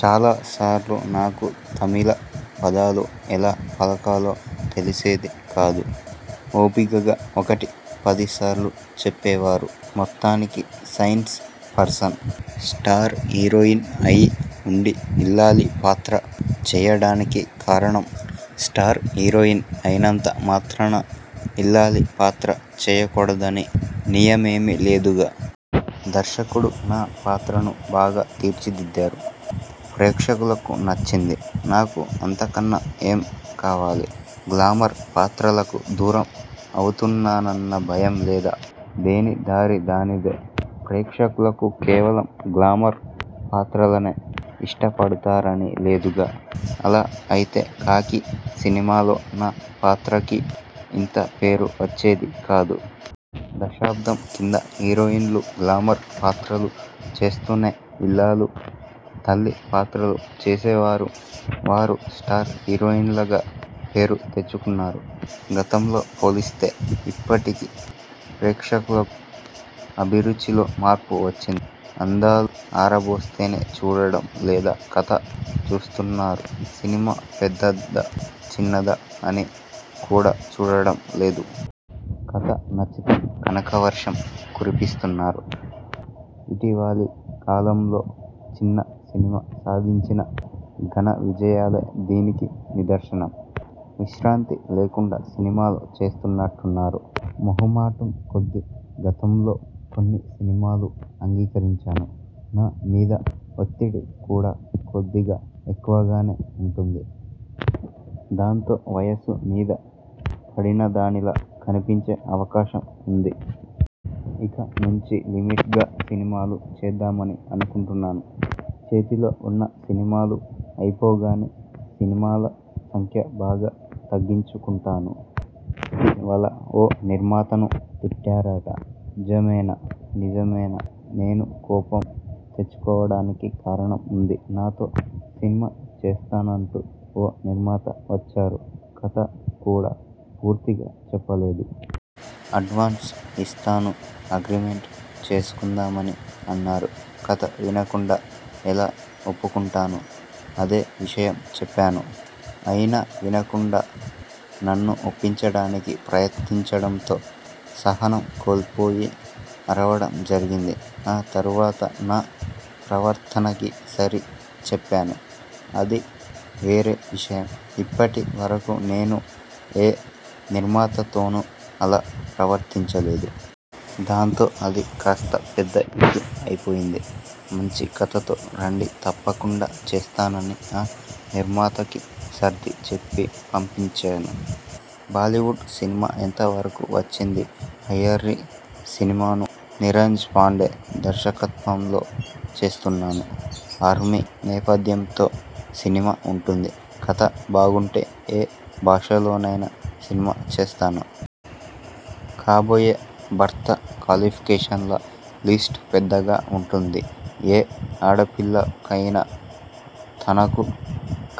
చాలా సార్లు నాకు తమిళ పదాలు ఎలా పలకాలో తెలిసేది కాదు. ఓపికగా ఒకటికి పదిసార్లు చెప్పేవారు. మొత్తానికి నైస్ పర్సన్. స్టార్ హీరోయిన్ అయి ఉండి ఇల్లాలి పాత్ర చేయడానికి కారణం? స్టార్ హీరోయిన్ అయినంత మాత్రాన ఇల్లాలి పాత్ర చేయకూడదని నియమేమీ లేదుగా. దర్శకుడు నా పాత్రను బాగా తీర్చిదిద్దారు. ప్రేక్షకులకు నచ్చింది. నాకు అంతకన్నా ఏం కావాలి? గ్లామర్ పాత్రలకు దూరం అవుతానన్న భయం లేదా? దేని దారి దానిదే! ప్రేక్షకులు కేవలం గ్లామర్ పాత్రలనే ఇష్టపడతారని లేదుగా! అలా అయితే 'ఖాకీ' సినిమాలో నా పాత్రకి ఇంత పేరు వచ్చేది కాదు. దశాబ్దం కింద హీరోయిన్లు గ్లామర్ పాత్రలు చేస్తూనే ఇల్లాలు, తల్లి పాత్రలు చేసేవారు. వారూ స్టార్ హీరోయిన్లుగా పేరు తెచ్చుకున్నారు. గతంతో పోలిస్తే ఇప్పటి ప్రేక్షకుల అభిరుచిలో మార్పు వచ్చింది. అందాలు ఆరబోస్తేనే చూడడం లేదు. కథ చూస్తున్నారు. సినిమా పెద్దదా? చిన్నదా? అని కూడా చూడడం లేదు. కథ నచ్చితే కనకవర్షం కురిపిస్తున్నారు. ఇటీవలి కాలంలో చిన్న సినిమాలు సాధించిన ఘనవిజయాలే దీనికి నిదర్శనం. విశ్రాంతి లేకుండా సినిమాలు చేస్తున్నట్టున్నారు? మొహమాటం కొద్దీ గతంలో కొన్ని సినిమాలు అంగీకరించాను. నా మీద ఒత్తిడి కూడా కొద్దిగా ఎక్కువగానే ఉంటోంది. దాంతో వయస్సు మీద పడినదానిలా కనిపించే అవకాశం ఉంది. ఇక నుంచి లిమిట్గా సినిమాలు చేద్దామని అనుకుంటున్నాను. చేతిలో ఉన్న సినిమాలు అయిపోగానే సినిమాల సంఖ్య బాగా తగ్గించుకుంటాను. ఇటీవల ఓ నిర్మాతను తిట్టారట నిజమేనా? నిజమే! నేను కోపం తెచ్చుకోవడానికి కారణం ఉంది. నాతో సినిమా చేస్తానంటూ ఓ నిర్మాత వచ్చారు. కథ కూడా పూర్తిగా చెప్పలేదు. అడ్వాన్స్ ఇస్తాను అగ్రిమెంట్ చేసుకుందామని అన్నారు. కథ వినకుండా ఎలా ఒప్పుకుంటాను. అదే విషయం చెప్పాను. అయినా వినకుండా నన్ను ఒప్పించడానికి ప్రయత్నించడంతో సహనం కోల్పొయి అరవడం జరిగింది. ఆ తరువాత నా ప్రవర్తనకి సారీ చెప్పాను. అది వేరే విషయం. ఇప్పటి వరకూ నేను ఏ నిర్మాతతోనూ అలా ప్రవర్తించలేదు. దాంతో అది కాస్త పెద్ద ఇష్యూ అయిపోయింది. మంచి కథతో రండి తప్పకుండా చేస్తాననిన ఆ నిర్మాతకి సర్ది చెప్పి పంపించేశాను. బాలీవుడ్ సినిమా ఎంత వరకు వచ్చింది? 'అయ్యారీ' సినిమాను నీరంజ్పాండే దర్శకత్వంలో చేస్తున్నాను. ఆర్మీ నేపథ్యంలో సినిమా ఉంటుంది. కథ బాగుంటే ఏ భాషలోనైనా సినిమా చేస్తాను. కాబోయే భర్త క్వాలిఫికేషన్ల లిస్ట్ పెద్దగా ఉన్నట్టుంది? ఏ ఆడపిల్లకయినా తనకు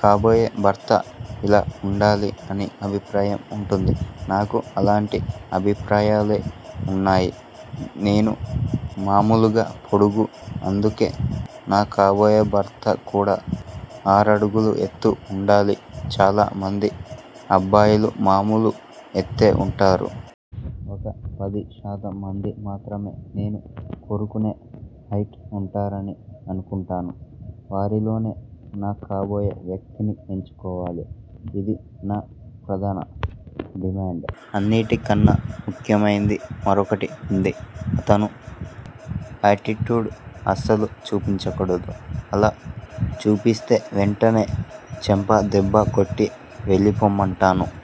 కాబోయే భర్త ఇలా ఉండలి అన్న అభిప్రాయం ఉంటుంది. నాకూ అలాంటి అభిప్రాయాలే ఉన్నాయి. నేను మామూలుగా పొడుగు. అందుకే నాకాబోయే భర్త కూడా ఆరడుగులు ఎత్తు ఉండాలి. చాలా మంది అబ్బాయిలు మామూలు ఎత్తే ఉంటారు. ఒక పది శాతం మంది మాత్రమే నేను కోరుకునే హైట్ ఉంటారని అనుకుంటాను. వారిలోనే నాకాబోయే వ్యక్తిని ఎంచుకోవాలి. ఇది నా ప్రధాన డిమాండ్. అన్నిటికన్నా ముఖ్యమైనది మరొకటి ఉంది. అతను ఆటిట్యూడ్ అస్సలు చూపించకూడదు. అలా చూపిస్తే వెంటనే చెంప దెబ్బ కొట్టి వెళ్ళిపొమ్మంటాను.